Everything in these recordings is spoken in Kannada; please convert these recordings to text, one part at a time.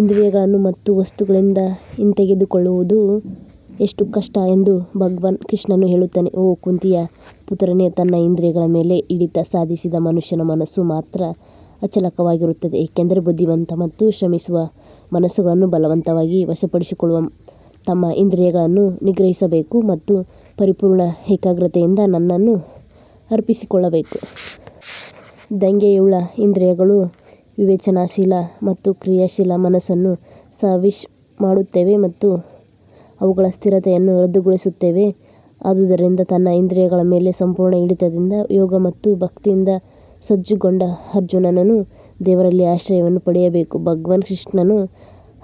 ಇಂದ್ರಿಯಗಳನ್ನು ತಮ್ಮ ವಸ್ತುಗಳಿಂದ ಹಿಂತೆಗೆದುಕೊಳ್ಳುವುದು ಎಷ್ಟು ಕಷ್ಟ ಎಂದು ಭಗವಾನ್ ಕೃಷ್ಣನು ಹೇಳುತ್ತಾನೆ ಓ ಕುಂತಿಯ ಪುತ್ರನೇ, ತನ್ನ ಇಂದ್ರಿಯಗಳ ಮೇಲೆ ಹಿಡಿತ ಸಾಧಿಸಿದ ಮನುಷ್ಯನ ಮನಸ್ಸು ಮಾತ್ರ ಅಚಲವಾಗಿರುತ್ತದೆ ಏಕೆಂದರೆ ಬುದ್ಧಿವಂತ ಮತ್ತು ಶ್ರಮಿಸುವ ಮನಸ್ಸುಗಳನ್ನು ಬಲವಂತವಾಗಿ ವಶಪಡಿಸಿಕೊಳ್ಳುವ ತಮ್ಮ ಇಂದ್ರಿಯಗಳನ್ನು ನಿಗ್ರಹಿಸಬೇಕು ಮತ್ತು ಪರಿಪೂರ್ಣ ಏಕಾಗ್ರತೆಯಿಂದ ನನ್ನನ್ನು ಅರ್ಪಿಸಿಕೊಳ್ಳಬೇಕು. ದಂಗೆಯುಳ್ಳ ಇಂದ್ರಿಯಗಳು ವಿವೇಚನಾಶೀಲ ಮತ್ತು ಕ್ರಿಯಾಶೀಲ ಮನಸ್ಸನ್ನು ಸಹ ವಿಶ್ ಮಾಡುತ್ತವೆ ಮತ್ತು ಅವುಗಳ ಸ್ಥಿರತೆಯನ್ನು ರದ್ದುಗೊಳಿಸುತ್ತವೆ ಆದುದರಿಂದ ತನ್ನ ಇಂದ್ರಿಯಗಳ ಮೇಲೆ ಸಂಪೂರ್ಣ ಹಿಡಿತದಿಂದ ಯೋಗ ಮತ್ತು ಭಕ್ತಿಯಿಂದ ಸಜ್ಜುಗೊಂಡ ಅರ್ಜುನನು ದೇವರಲ್ಲಿ ಆಶ್ರಯವನ್ನು ಪಡೆಯಬೇಕು, ಭಗವಾನ್ ಶ್ರೀಕೃಷ್ಣನು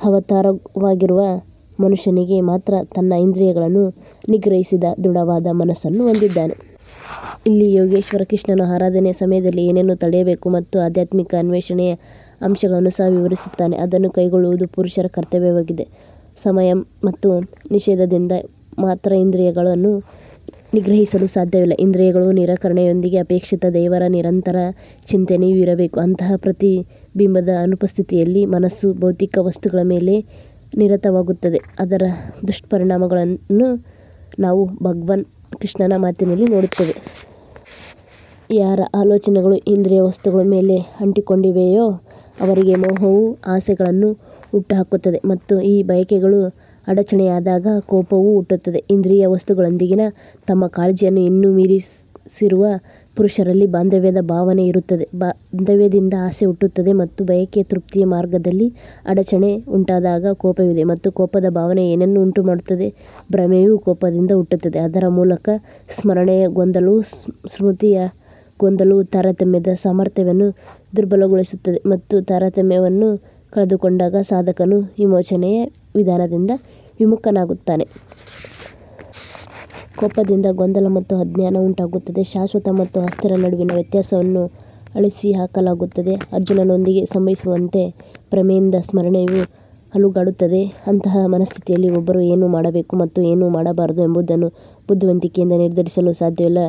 ಅವತಾರವಾಗಿರುವ ಮನುಷ್ಯನಿಗೆ ಮಾತ್ರ ತನ್ನ ಇಂದ್ರಿಯಗಳನ್ನು ನಿಗ್ರಹಿಸಿದ ದೃಢವಾದ ಮನಸ್ಸನ್ನು ಹೊಂದಿದ್ದಾನೆ. ಇಲ್ಲಿ ಯೋಗೇಶ್ವರ ಕೃಷ್ಣನು ಆರಾಧನೆಯ ಸಮಯದಲ್ಲಿ ಏನನ್ನು ತಡೆಯಬೇಕು ಮತ್ತು ಆಧ್ಯಾತ್ಮಿಕ ಅನ್ವೇಷಣೆಯ ಅಂಶಗಳನ್ನು ಸಹ ವಿವರಿಸುತ್ತಾನೆ ಅದನ್ನು ಕೈಗೊಳ್ಳುವುದು ಪುರುಷರ ಕರ್ತವ್ಯವಾಗಿದೆ. ಸಂಯಮ ಮತ್ತು ನಿಷೇಧದಿಂದ ಮಾತ್ರ ಇಂದ್ರಿಯಗಳನ್ನು ನಿಗ್ರಹಿಸಲು ಸಾಧ್ಯವಿಲ್ಲ ಇಂದ್ರಿಯಗಳ ನಿರಾಕರಣೆಯೊಂದಿಗೆ ಅಪೇಕ್ಷಿತ ದೇವರ ನಿರಂತರ ಚಿಂತನೆಯೂ ಇರಬೇಕು ಅಂತಹ ಪ್ರತಿಬಿಂಬದ ಅನುಪಸ್ಥಿತಿಯಲ್ಲಿ ಮನಸ್ಸು ಭೌತಿಕ ವಸ್ತುಗಳ ಮೇಲೆ ನಿರತವಾಗುತ್ತದೆ ಅದರ ದುಷ್ಪರಿಣಾಮವನ್ನು ನಾವು ಭಗವಾನ್ ಕೃಷ್ಣನ ಮಾತಿನಲ್ಲಿ ನೋಡುತ್ತೇವೆ. ಯಾರ ಆಲೋಚನೆಗಳು ಇಂದ್ರಿಯ ವಸ್ತುಗಳ ಮೇಲೆ ಅಂಟಿಕೊಂಡಿವೆಯೋ ಅವರಿಗೆ ಮೋಹವು ಆಸೆಗಳನ್ನು ಹುಟ್ಟುಹಾಕುತ್ತದೆ ಮತ್ತು ಈ ಬಯಕೆಗಳು ಅಡಚಣೆಯಾದಾಗ ಕೋಪವು ಹುಟ್ಟುತ್ತದೆ. ಇಂದ್ರಿಯ ವಸ್ತುಗಳೊಂದಿಗಿನ ತಮ್ಮ ಕಾಳಜಿಯನ್ನು ಇನ್ನೂ ಮೀರಿಸಿರುವ ಪುರುಷರಲ್ಲಿ ಬಾಂಧವ್ಯದ ಭಾವನೆ ಇರುತ್ತದೆ ಬಾಂಧವ್ಯದಿಂದ ಆಸೆ ಹುಟ್ಟುತ್ತದೆ ಮತ್ತು ಬಯಕೆಯ ತೃಪ್ತಿಯ ಮಾರ್ಗದಲ್ಲಿ ಅಡಚಣೆ ಉಂಟಾದಾಗ ಕೋಪವಿದೆ ಮತ್ತು ಕೋಪದ ಭಾವನೆ ಏನನ್ನು ಉಂಟುಮಾಡುತ್ತದೆ ಭ್ರಮೆಯು ಕೋಪದಿಂದ ಹುಟ್ಟುತ್ತದೆ, ಅದರ ಮೂಲಕ ಸ್ಮರಣೆಯ ಗೊಂದಲವು ಸ್ಮೃತಿಯ ಗೊಂದಲವು ತಾರತಮ್ಯದ ಸಾಮರ್ಥ್ಯವನ್ನು ದುರ್ಬಲಗೊಳಿಸುತ್ತದೆ ಮತ್ತು ತಾರತಮ್ಯವನ್ನು ಕಳೆದುಕೊಂಡಾಗ ಸಾಧಕನು ವಿಮೋಚನೆಯ ವಿಧಾನದಿಂದ ವಿಮುಖನಾಗುತ್ತಾನೆ. ಕೋಪದಿಂದ ಗೊಂದಲ ಮತ್ತು ಅಜ್ಞಾನ ಉಂಟಾಗುತ್ತದೆ ಶಾಶ್ವತ ಮತ್ತು ಅಸ್ಥಿರ ನಡುವಿನ ವ್ಯತ್ಯಾಸವನ್ನು ಅಳಿಸಿಹಾಕಲಾಗುತ್ತದೆ ಅರ್ಜುನನೊಂದಿಗೆ ಸಂಭವಿಸುವಂತೆ ಭ್ರಮೆಯಿಂದ ಸ್ಮರಣೆಯು ಅಲುಗಾಡುತ್ತದೆ ಅಂತಹ ಮನಸ್ಥಿತಿಯಲ್ಲಿ ಒಬ್ಬರು ಏನು ಮಾಡಬೇಕು ಮತ್ತು ಏನು ಮಾಡಬಾರದು ಎಂಬುದನ್ನು ಬುದ್ಧಿವಂತಿಕೆಯಿಂದ ನಿರ್ಧರಿಸಲು ಸಾಧ್ಯವಿಲ್ಲ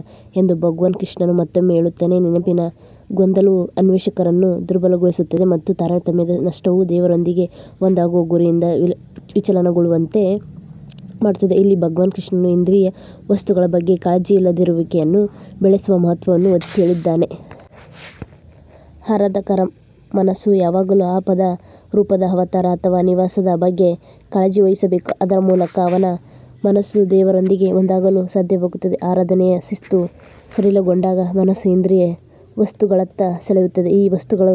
ಎಂದು ಭಗವಾನ್ ಕೃಷ್ಣನು ಮತ್ತೊಮ್ಮೆ ಹೇಳುತ್ತಾನೆ ನೆನಪಿನ ಗೊಂದಲವು ಅನ್ವೇಷಕರನ್ನು ದುರ್ಬಲಗೊಳಿಸುತ್ತದೆ ಮತ್ತು ತಾರತಮ್ಯದ ನಷ್ಟವು ದೇವರೊಂದಿಗೆ ಒಂದಾಗುವ ಗುರಿಯಿಂದ ವಿಚಲನಗೊಳ್ಳುವಂತೆ ಮಾಡುತ್ತದೆ ಇಲ್ಲಿ ಭಗವಾನ್ ಕೃಷ್ಣನು ಇಂದ್ರಿಯ ವಸ್ತುಗಳ ಬಗ್ಗೆ ಕಾಳಜಿಯಿಲ್ಲದಿರುವಿಕೆಯನ್ನು ಬೆಳೆಸುವ ಮಹತ್ವವನ್ನು ಒತ್ತಿಹೇಳಿದ್ದಾನೆ. ಆರಾಧಕರ ಮನಸ್ಸು ಯಾವಾಗಲೂ ಆ ಪದ ರೂಪದ ಅವತಾರ ಅಥವಾ ನಿವಾಸದ ಬಗ್ಗೆ ಕಾಳಜಿ ವಹಿಸಬೇಕು, ಅದರ ಮೂಲಕ ಅವನ ಮನಸ್ಸು ದೇವರೊಂದಿಗೆ ಒಂದಾಗಲು ಸಾಧ್ಯವಾಗುತ್ತದೆ. ಆರಾಧನೆಯ ಶಿಸ್ತು ಸಡಿಲಗೊಂಡಾಗ ಮನಸ್ಸು ಇಂದ್ರಿಯ ವಸ್ತುಗಳತ್ತ ಸೆಳೆಯುತ್ತದೆ ಈ ವಸ್ತುಗಳ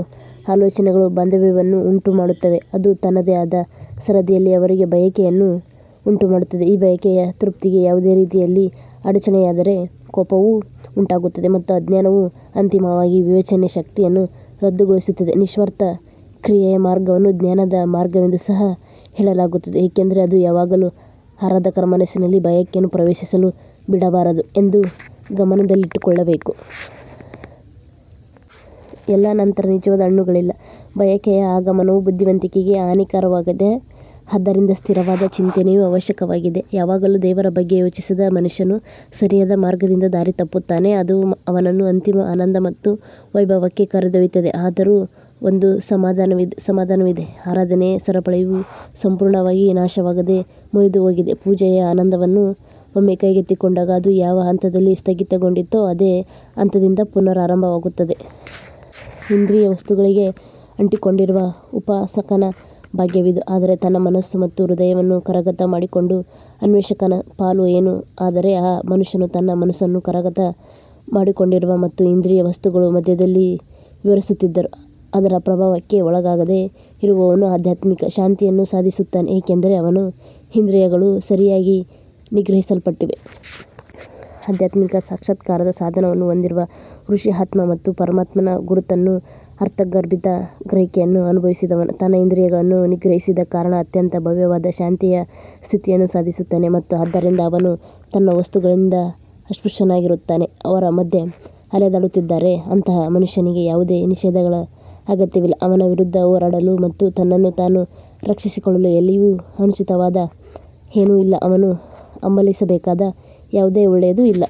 ಆಲೋಚನೆಗಳು ಬಾಂಧವ್ಯವನ್ನು ಉಂಟುಮಾಡುತ್ತವೆ, ಅದು ತನ್ನದೇ ಆದ ಸರದಿಯಲ್ಲಿ ಅವರಿಗೆ ಬಯಕೆಯನ್ನು ಉಂಟುಮಾಡುತ್ತದೆ ಈ ಬಯಕೆಯ ತೃಪ್ತಿಗೆ ಯಾವುದೇ ರೀತಿಯಲ್ಲಿ ಅಡಚಣೆಯಾದರೆ ಕೋಪವು ಉಂಟಾಗುತ್ತದೆ ಮತ್ತು ಅಜ್ಞಾನವು ಅಂತಿಮವಾಗಿ ವಿವೇಚನೆಯ ಶಕ್ತಿಯನ್ನು ರದ್ದುಗೊಳಿಸುತ್ತದೆ ನಿಸ್ವಾರ್ಥ ಕ್ರಿಯೆಯ ಮಾರ್ಗವನ್ನು ಜ್ಞಾನದ ಮಾರ್ಗವೆಂದು ಸಹ ಹೇಳಲಾಗುತ್ತದೆ ಏಕೆಂದರೆ ಅದು ಯಾವಾಗಲೂ ಆರಾಧಕರ ಮನಸ್ಸಿನಲ್ಲಿ ಬಯಕೆಯನ್ನು ಪ್ರವೇಶಿಸಲು ಬಿಡಬಾರದು ಎಂದು ಗಮನದಲ್ಲಿಟ್ಟುಕೊಳ್ಳಬೇಕು. ಎಲ್ಲಾ ನಂತರ ನಿಜವಾದ ಹಣ್ಣುಗಳಿಲ್ಲ ಬಯಕೆಯ ಆಗಮನವು ಬುದ್ಧಿವಂತಿಕೆಗೆ ಹಾನಿಕಾರಕವಾಗಿದೆ ಆದ್ದರಿಂದ ಸ್ಥಿರವಾದ ಚಿಂತನೆಯು ಅವಶ್ಯಕವಾಗಿದೆ ಯಾವಾಗಲೂ ದೇವರ ಬಗ್ಗೆ ಯೋಚಿಸದ ಮನುಷ್ಯನು ಸರಿಯಾದ ಮಾರ್ಗದಿಂದ ದಾರಿ ತಪ್ಪುತ್ತಾನೆ, ಅದು ಅವನನ್ನು ಅಂತಿಮ ಆನಂದ ಮತ್ತು ವೈಭವಕ್ಕೆ ಕರೆದೊಯ್ಯುತ್ತದೆ. ಆದರೂ ಒಂದು ಸಮಾಧಾನವಿದೆ ಆರಾಧನೆಯ ಸರಪಳಿಯು ಸಂಪೂರ್ಣವಾಗಿ ನಾಶವಾಗದೆ ಮುರಿದುಹೋಗಿದೆ ಪೂಜೆಯ ಆನಂದವನ್ನು ಒಮ್ಮೆ ಕೈಗೆತ್ತಿಕೊಂಡಾಗ ಅದು ಯಾವ ಹಂತದಲ್ಲಿ ಸ್ಥಗಿತಗೊಂಡಿತೋ ಅದೇ ಹಂತದಿಂದ ಪುನರಾರಂಭವಾಗುತ್ತದೆ. ಇಂದ್ರಿಯ ವಸ್ತುಗಳಿಗೆ ಅಂಟಿಕೊಂಡಿರುವ ಉಪಾಸಕನ ಭಾಗ್ಯವಿದು ಆದರೆ ತನ್ನ ಮನಸ್ಸು ಮತ್ತು ಹೃದಯವನ್ನು ಕರಗತ ಮಾಡಿಕೊಂಡ ಅನ್ವೇಷಕನ ಪಾಲು ಏನು ಆದರೆ ಆ ಮನುಷ್ಯನು ತನ್ನ ಮನಸ್ಸನ್ನು ಕರಗತ ಮಾಡಿಕೊಂಡಿರುವ ಮತ್ತು ಇಂದ್ರಿಯ ವಸ್ತುಗಳ ಮಧ್ಯದಲ್ಲಿ ವಿಹರಿಸುತ್ತಿದ್ದರೂ ಅದರ ಪ್ರಭಾವಕ್ಕೆ ಒಳಗಾಗದೇ ಇರುವವನು ಆಧ್ಯಾತ್ಮಿಕ ಶಾಂತಿಯನ್ನು ಸಾಧಿಸುತ್ತಾನೆ ಏಕೆಂದರೆ ಅವನ ಇಂದ್ರಿಯಗಳು ಸರಿಯಾಗಿ ನಿಗ್ರಹಿಸಲ್ಪಟ್ಟಿವೆ. ಆಧ್ಯಾತ್ಮಿಕ ಸಾಕ್ಷಾತ್ಕಾರದ ಸಾಧನವನ್ನು ಹೊಂದಿರುವ ಋಷಿ ಆತ್ಮ ಮತ್ತು ಪರಮಾತ್ಮನ ಗುರುತನ್ನು ಅರ್ಥಗರ್ಭಿತ ಗ್ರಹಿಕೆಯನ್ನು ಅನುಭವಿಸಿದವನು ತನ್ನ ಇಂದ್ರಿಯಗಳನ್ನು ನಿಗ್ರಹಿಸಿದ ಕಾರಣ ಅತ್ಯಂತ ಭವ್ಯವಾದ ಶಾಂತಿಯ ಸ್ಥಿತಿಯನ್ನು ಸಾಧಿಸುತ್ತಾನೆ ಮತ್ತು ಆದ್ದರಿಂದ ಅವನು ತನ್ನ ವಸ್ತುಗಳಿಂದ ಅಸ್ಪೃಶ್ಯನಾಗಿರುತ್ತಾನೆ. ಅವರ ಮಧ್ಯೆ ಅಲೆದಾಡುತ್ತಿದ್ದಾರೆ ಅಂತಹ ಮನುಷ್ಯನಿಗೆ ಯಾವುದೇ ನಿಷೇಧಗಳ ಅಗತ್ಯವಿಲ್ಲ ಅವನ ವಿರುದ್ಧ ಹೋರಾಡಲು ಮತ್ತು ತನ್ನನ್ನು ತಾನು ರಕ್ಷಿಸಿಕೊಳ್ಳಲು ಎಲ್ಲಿಯೂ ಅನುಚಿತವಾದ ಏನೂ ಇಲ್ಲ ಅವನು ಹಂಬಲಿಸಬೇಕಾದ ಯಾವುದೇ ಒಳ್ಳೆಯದೂ ಇಲ್ಲ.